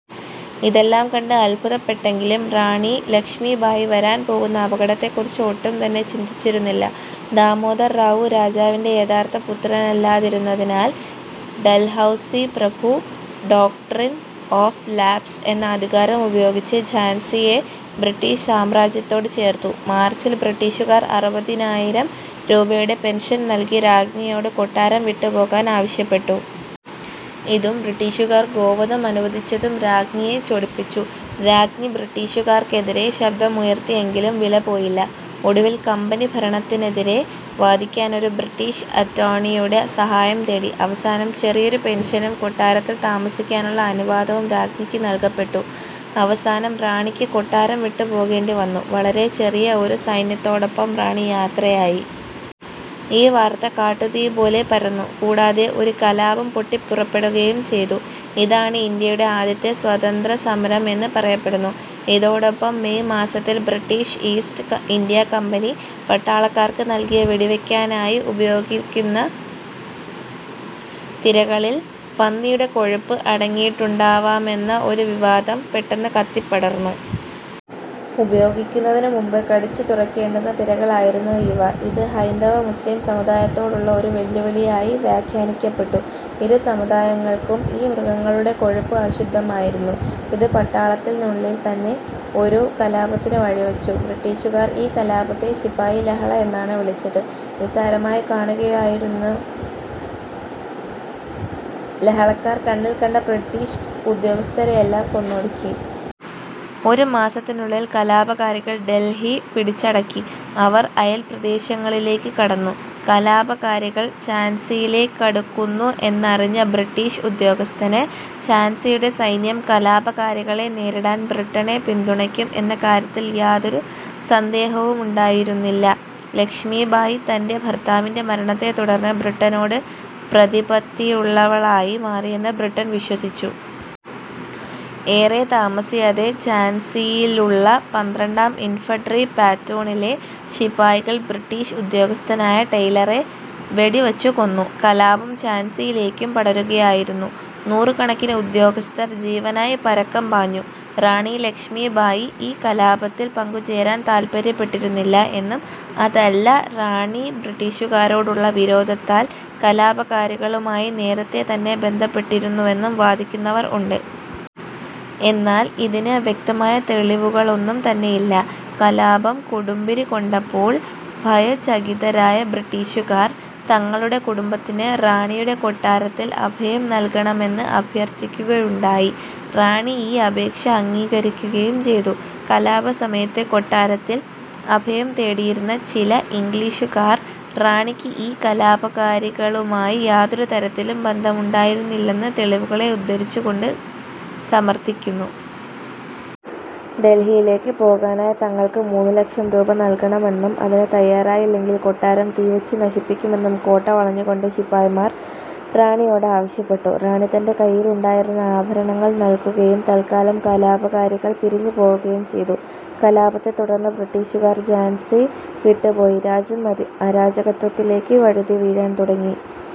ഇതെല്ലാം കണ്ട് അത്ഭുതപ്പെട്ടെങ്കിലും റാണീ ലക്ഷ്മീബായി വരാൻ പോകുന്ന അപകടത്തെക്കുറിച്ച് ഒട്ടും തന്നെ ചിന്തിച്ചിരുന്നില്ല. ദാമോദർ റാവു രാജാവിന്റെ യഥാർത്ഥ പുത്രനല്ലാതിരുന്നതിനാൽ ഡൽഹൗസി പ്രഭു ഡോക്ട്രിൻ ഓഫ് ലാപ്സ് എന്ന അധികാരം ഉപയോഗിച്ച് ഝാൻസിയെ ബ്രിട്ടീഷ് സാമ്രാജ്യത്തോട് ചേർത്തു. മാർച്ചിൽ ബ്രിട്ടീഷുകാർ അറുപതിനായിരം രൂപയുടെ പെൻഷൻ നൽകി രാജ്ഞിയോട് കൊട്ടാരം വിട്ടുപോകാനാവശ്യപ്പെട്ടു. ഇതും ബ്രിട്ടീഷുകാർ ഗോവധം അനുവദിച്ചതും രാജ്ഞിയെ ചൊടിപ്പിച്ചു. രാജ്ഞി ബ്രിട്ടീഷുകാർക്കെതിരെ ശബ്ദമുയർത്തിയെങ്കിലും വിലപ്പോയില്ല. ഒടുവിൽ കമ്പനിഭരണത്തിനെതിരെ വാദിക്കാൻ ഒരു ബ്രിട്ടീസ് അറ്റോർണിയുടെ സഹായം തേടി. അവസാനം ചെറിയൊരു പെൻഷനും കൊട്ടാരത്തിൽ താമസിക്കാനുള്ള അനുവാദവും രാജ്ഞിക്ക് നൽകപ്പെട്ടു. അവസാനം റാണിക്ക് കൊട്ടാരം വിട്ടു പോകേണ്ടി വന്നു. വളരെ ചെറിയ ഒരു സൈന്യത്തോടൊപ്പം റാണി യാത്രയായി. ഈ വാർത്ത കാട്ടു തീപോലെ പരന്നു, കൂടാതെ ഒരു കലാപം പൊട്ടിപ്പുറപ്പെടുകയും ചെയ്തു. ഇതാണ് ഇന്ത്യയുടെ ആദ്യത്തെ സ്വാതന്ത്ര്യ സമരം എന്ന് പറയപ്പെടുന്നു. ഇതോടൊപ്പം മെയ് മാസത്തിൽ ബ്രിട്ടീഷ് ഈസ്റ്റ് ഇന്ത്യ കമ്പനി പട്ടാളക്കാർക്ക് നൽകിയ വെടിവെക്കാനായി ഉപയോഗിക്കുന്ന തിരകളിൽ പന്നിയുടെ കൊഴുപ്പ് അടങ്ങിയിട്ടുണ്ടാവാമെന്ന ഒരു വിവാദം പെട്ടെന്ന് കത്തിപ്പടർന്നു. ഉപയോഗിക്കുന്നതിനു മുമ്പ് കടിച്ചു തുറക്കേണ്ടുന്ന തിരകളായിരുന്നു ഇവ. ഇത് ഹൈന്ദവ, മുസ്ലീം സമുദായത്തോടുള്ള ഒരു വെല്ലുവിളിയായി വ്യാഖ്യാനിക്കപ്പെട്ടു. ഇരു സമുദായങ്ങൾക്കും ഈ മൃഗങ്ങളുടെ കൊഴുപ്പ് അശുദ്ധമായിരുന്നു. ഇത് പട്ടാളത്തിനുള്ളിൽ തന്നെ ഒരു കലാപത്തിനു വഴിവെച്ചു. ബ്രിട്ടീഷുകാർ ഈ കലാപത്തെ ശിപായിലഹള എന്നാണ് വിളിച്ച് നിസ്സാരമായികാണുകയായിരുന്നു. ലഹളക്കാർ കണ്ണിൽകണ്ട ബ്രിട്ടീഷ് ഉദ്യോഗസ്ഥരേയെല്ലാം കൊന്നൊടുക്കി. ഒരു മാസത്തിനുള്ളിൽ കലാപകാരികൾ ഡെൽഹി പിടിച്ചടക്കി. അവർ അയൽപ്രദേശങ്ങളിലേക്ക് കടന്നു. കലാപകാരികൾ ഝാൻസിയിലേക്കടുക്കുന്നു എന്നറിഞ്ഞ ബ്രിട്ടീഷ് ഉദ്യോഗസ്ഥന് ഝാൻസിയുടെ സൈന്യം കലാപകാരികളെ നേരിടാൻ ബ്രിട്ടനെ പിന്തുണക്കും എന്ന കാര്യത്തിൽ യാതൊരു സന്ദേഹവുമുണ്ടായിരുന്നില്ല. ലക്ഷ്മീബായി തന്റെ ഭർത്താവിന്റെ മരണത്തെ തുടർന്ന് ബ്രിട്ടനോട് പ്രതിപത്തിയുള്ളവളായി മാറിയെന്ന് ബ്രിട്ടൻ വിശ്വസിച്ചു. ഏറെ താമസിയാതെ ഝാൻസിയിലുള്ള പന്ത്രണ്ടാം ഇൻഫൻട്രി പ്ലാറ്റൂണിലെ ശിപായികൾ ബ്രിട്ടീഷ് ഉദ്യോഗസ്ഥനായ ടെയ്ലറെ വെടിവെച്ചു കൊന്നു. കലാപം ഝാൻസിയിലേക്കും പടരുകയായിരുന്നു. നൂറുകണക്കിനു ഉദ്യോഗസ്ഥർ ജീവനായി പരക്കം പാഞ്ഞു. റാണി ലക്ഷ്മീബായി ഈ കലാപത്തിൽ പങ്കുചേരാൻ താൽപര്യപ്പെട്ടിരുന്നില്ല എന്നും അതല്ല റാണി ബ്രിട്ടീഷുകാരോടുള്ള വിരോധത്താൽ കലാപകാരികളുമായി നേരത്തേ തന്നെ ബന്ധപ്പെട്ടിരുന്നുവെന്നും വാദിക്കുന്നവർ ഉണ്ട്. എന്നാൽ ഇതിന് വ്യക്തമായ തെളിവുകളൊന്നും തന്നെയില്ല. കലാപം കൊടുമ്പിരിക്കൊണ്ടപ്പോൾ ഭയചകിതരായ ബ്രിട്ടീഷുകാർ തങ്ങളുടെ കുടുംബത്തിന് റാണിയുടെ കൊട്ടാരത്തിൽ അഭയം നൽകണമെന്ന് അഭ്യർത്ഥിക്കുകയുണ്ടായി. റാണി ഈ അപേക്ഷ അംഗീകരിക്കുകയും ചെയ്തു. കലാപസമയത്ത് കൊട്ടാരത്തിൽ അഭയം തേടിയിരുന്ന ചില ഇംഗ്ലീഷുകാർ റാണിക്ക് ഈ കലാപകാരികളുമായി യാതൊരു തരത്തിലും ബന്ധമുണ്ടായിരുന്നില്ലെന്ന് തെളിവുകളെ ഉദ്ധരിച്ചുകൊണ്ട് സമർത്ഥിക്കുന്നു. ഡെൽഹിയിലേക്കു പോകാനായി തങ്ങൾക്ക് മൂന്നു ലക്ഷം രൂപ നൽകണമെന്നും അതിനു തയ്യാറായില്ലെങ്കിൽ കൊട്ടാരം തീവെച്ചു നശിപ്പിക്കുമെന്നും കോട്ട വളഞ്ഞുകൊണ്ട് ശിപായിമാർ റാണിയോട് ആവശ്യപ്പെട്ടു. റാണി തന്റെ കയ്യിലുണ്ടായിരുന്ന ആഭരണങ്ങൾ നൽകുകയും തൽക്കാലം കലാപകാരികൾ പിരിഞ്ഞുപോവുകയും ചെയ്തു. കലാപത്തെതുടർന്ന് ബ്രിട്ടീഷുകാർ ഝാൻസി വിട്ടുപോയി, രാജ്യം അരാജകത്വത്തിലേക്കു വഴുതിവീഴാൻ തുടങ്ങി.